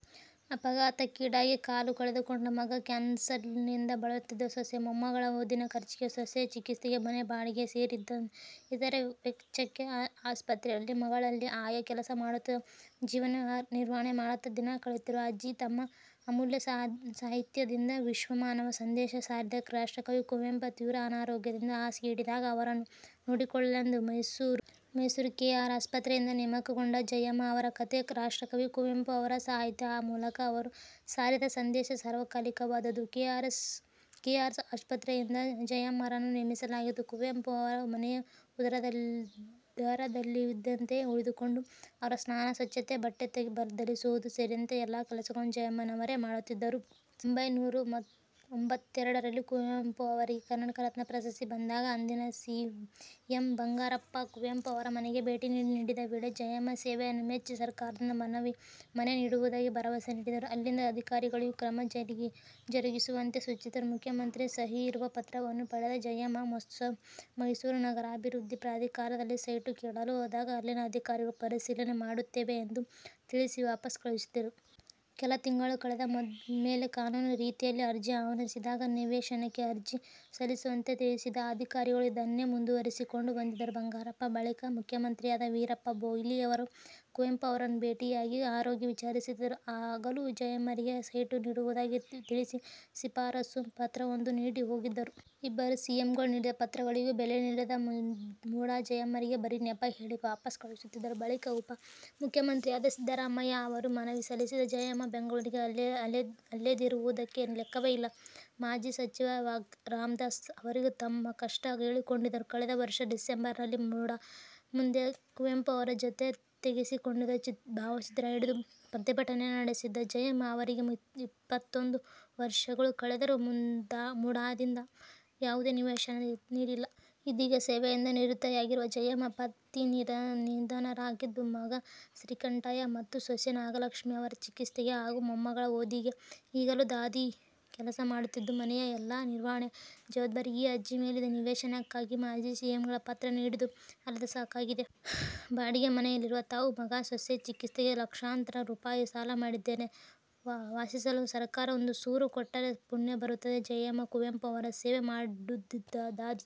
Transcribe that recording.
ಅಪಘಾತಕ್ಕೀಡಾಗಿ ಕಾಲು ಕಳೆದುಕೊಂಡ ಮಗ, ಕ್ಯಾನ್ಸರ್ನಿಂದ ಬಳಲುತ್ತಿರುವ ಸೊಸೆ, ಮೊಮ್ಮಗಳ ಓದಿನ ಖರ್ಚಿಗೆ, ಸೊಸೆಯ ಚಿಕಿತ್ಸೆಗೆ ಮನೆ ಬಾಡಿಗೆ ಸೇರಿ ಇತರೆ ವೆಚ್ಚಕ್ಕೆ ಆಸ್ಪತ್ರೆಗಳಲ್ಲಿ, ಮನೆಗಳಲ್ಲಿ ಆಯಾ ಕೆಲಸ ಮಾಡುತ್ತಾ ಜೀವನ ನಿರ್ವಹಣೆ ಮಾಡುತ್ತಾ ದಿನ ಕಳೆಯುತ್ತಿರುವ ಅಜ್ಜಿ ತಮ್ಮ ಅಮೂಲ್ಯ ಸಾಹಿತ್ಯದಿಂದ ವಿಶ್ವಮಾನವ ಸಂದೇಶ ಸಾರಿದ ರಾಷ್ಟ್ರಕವಿ ಕುವೆಂಪು ತೀವ್ರ ಅನಾರೋಗ್ಯದಿಂದ ಹಾಸಿಗೆ ಹಿಡಿದಾಗ ಅವರನ್ನು ನೋಡಿಕೊಳ್ಳಲೆಂದು ಮೈಸೂರು ಕೆ. ಆರ್. ಆಸ್ಪತ್ರೆಯಿಂದ ನೇಮಕಗೊಂಡ ಜಯಮ್ಮ ಅವರ ಕಥೆ. ರಾಷ್ಟ್ರಕವಿ ಕುವೆಂಪು ಅವರ ಸಾಹಿತ್ಯ, ಆ ಮೂಲಕ ಅವರು ಸಾರಿದ ಸಂದೇಶ ಸಾರ್ವಕಾಲಿಕವಾದುದು. ಕೆ.ಆರ್. ಆಸ್ಪತ್ರೆಯಿಂದ ಜಯಮ್ಮರನ್ನು ನೇಮಿಸಲಾಗಿತ್ತು. ಕುವೆಂಪು ಅವರ ಮನೆ ಉದಯರವಿಯಲ್ಲಿಯೇ ಉಳಿದುಕೊಂಡು ಅವರ ಸ್ನಾನ, ಸ್ವಚ್ಛತೆ, ಬಟ್ಟೆ ಬದಲಿಸುವುದು ಸೇರಿದಂತೆ ಎಲ್ಲಾ ಕೆಲಸಗಳನ್ನು ಜಯಮ್ಮನವರೇ ಮಾಡುತ್ತಿದ್ದರು. ಸಾವಿರದ ಒಂಬೈನೂರ ತೊಂಬತ್ತೆರಡರಲ್ಲಿ ಕುವೆಂಪು ಅವರಿಗೆ ಕರ್ನಾಟಕ ರತ್ನ ಪ್ರಶಸ್ತಿ ಬಂದಾಗ ಅಂದಿನ ಸಿಎಂ ಬಂಗಾರಪ್ಪ ಕುವೆಂಪು ಅವರ ಮನೆಗೆ ಭೇಟಿ ನೀಡಿದ್ದ ವೇಳೆ ಜಯಮ್ಮ ಸೇವೆಯನ್ನು ಮೆಚ್ಚಿ ಸರ್ಕಾರದಿಂದ ಮನೆ ನೀಡುವುದಾಗಿ ಭರವಸೆ ನೀಡಿದ್ದರು. ಅಲ್ಲಿದ್ದ ಅಧಿಕಾರಿಗಳಿಗೂ ಕ್ರಮ ಜರುಗಿಸುವಂತೆ ಸೂಚಿಸಿದ್ದರು. ಮುಖ್ಯಮಂತ್ರಿ ಸಹಿ ಇರುವ ಪತ್ರವನ್ನು ಪಡೆದ ಜಯಮ್ಮ ಮೈಸೂರು ನಗರಾಭಿವೃದ್ಧಿ ಪ್ರಾಧಿಕಾರದಲ್ಲಿ ಸೈಟು ಕೇಳಲು ಹೋದಾಗ ಅಲ್ಲಿನ ಅಧಿಕಾರಿಗಳು ಪರಿಶೀಲನೆ ಮಾಡುತ್ತೇವೆ ಎಂದು ತಿಳಿಸಿ ವಾಪಸ್ ಕಳುಹಿಸಿದ್ದರು. ಕೆಲ ತಿಂಗಳು ಕಳೆದ ಮೇಲೆ ಕಾನೂನು ರೀತಿಯಲ್ಲಿ ಅರ್ಜಿ ಆಹ್ವಾನಿಸಿದಾಗ ನಿವೇಶನಕ್ಕೆ ಅರ್ಜಿ ಸಲ್ಲಿಸುವಂತೆ ತಿಳಿಸಿದ್ದ ಅಧಿಕಾರಿಗಳು ಇದನ್ನೇ ಮುಂದುವರಿಸಿಕೊಂಡು ಬಂದಿದ್ದರು. ಬಂಗಾರಪ್ಪ ಬಳಿಕ ಮುಖ್ಯಮಂತ್ರಿಯಾದ ವೀರಪ್ಪ ಮೊಯ್ಲಿಯವರು ಕುವೆಂಪು ಅವರನ್ನು ಭೇಟಿಯಾಗಿ ಆರೋಗ್ಯ ವಿಚಾರಿಸಿದ್ದರು. ಆಗಲೂ ಜಯಮ್ಮರಿಗೆ ಸೈಟು ನೀಡುವುದಾಗಿ ತಿಳಿಸಿ ಶಿಫಾರಸು ಪತ್ರವೊಂದನ್ನು ನೀಡಿ ಹೋಗಿದ್ದರು. ಇಬ್ಬರು ಸಿಎಂಗಳು ನೀಡಿದ ಪತ್ರಗಳಿಗೂ ಬೆಲೆ ನೀಡದ ಮುಡಾ ಜಯಮ್ಮರಿಗೆ ಬರೀ ನೆಪ ಹೇಳಿ ವಾಪಸ್ ಕಳುಹಿಸುತ್ತಿದ್ದರು. ಬಳಿಕ ಉಪ ಮುಖ್ಯಮಂತ್ರಿಯಾಗಿದ್ದ ಸಿದ್ಧರಾಮಯ್ಯ ಅವರಿಗೂ ಮನವಿ ಸಲ್ಲಿಸಿದ ಜಯಮ್ಮ ಬೆಂಗಳೂರಿಗೆ ಅಲೆದಿರುವುದಕ್ಕೆ ಲೆಕ್ಕವೇ ಇಲ್ಲ. ಮಾಜಿ ಸಚಿವ ರಾಮ್ದಾಸ್ ಅವರಿಗೂ ತಮ್ಮ ಕಷ್ಟ ಹೇಳಿಕೊಂಡಿದ್ದರು. ಕಳೆದ ವರ್ಷ ಡಿಸೆಂಬರ್ನಲ್ಲಿ ಮುಡಾ ಮುಂದೆ ಕುವೆಂಪು ಅವರ ಜತೆ ತೆಗೆಸಿಕೊಂಡಿದ್ದ ಭಾವಚಿತ್ರ ಹಿಡಿದು ಪ್ರತಿಭಟನೆಯನ್ನು ನಡೆಸಿದ್ದ ಜಯಮ್ಮ ಅವರಿಗೆ ಇಪ್ಪತ್ತೊಂದು ವರ್ಷಗಳು ಕಳೆದರೂ ಮುಡಾದಿಂದ ಯಾವುದೇ ನಿವೇಶನ ನೀಡಿಲ್ಲ. ಇದೀಗ ಸೇವೆಯಿಂದ ನಿವೃತ್ತಿಯಾಗಿರುವ ಜಯಮ್ಮ ಪತಿ ನಿಧನರಾಗಿದ್ದು, ಮಗ ಶ್ರೀಕಂಠಯ್ಯ ಮತ್ತು ಸೊಸೆ ನಾಗಲಕ್ಷ್ಮಿ ಅವರ ಚಿಕಿತ್ಸೆಗೆ ಹಾಗೂ ಮೊಮ್ಮಗಳ ಓದಿಗೆ ಈಗಲೂ ದಾದಿ ಕೆಲಸ ಮಾಡುತ್ತಿದ್ದು, ಮನೆಯ ಎಲ್ಲಾ ನಿರ್ವಹಣೆ ಜವಾಬ್ದಾರಿ ಈ ಅಜ್ಜಿ ಮೇಲಿದೆ. ನಿವೇಶನಕ್ಕಾಗಿ ಮಾಜಿ ಸಿಎಂಗಳ ಪತ್ರ ಹಿಡಿದು ಅಲೆದು ಸಾಕಾಗಿದೆ. ಬಾಡಿಗೆ ಮನೆಯಲ್ಲಿರುವ ತಾವು ಮಗ ಸೊಸೆ ಚಿಕಿತ್ಸೆಗೆ ಲಕ್ಷಾಂತರ ರೂಪಾಯಿ ಸಾಲ ಮಾಡಿದ್ದೇನೆ. ವಾಸಿಸಲು ಸರಕಾರ ಒಂದು ಸೂರು ಕೊಟ್ಟರೆ ಪುಣ್ಯ ಬರುತ್ತದೆ. ಜಯಮ್ಮ, ಕುವೆಂಪು ಅವರ ಸೇವೆ ಮಾಡುತ್ತಿದ್ದ ದಾದಿ.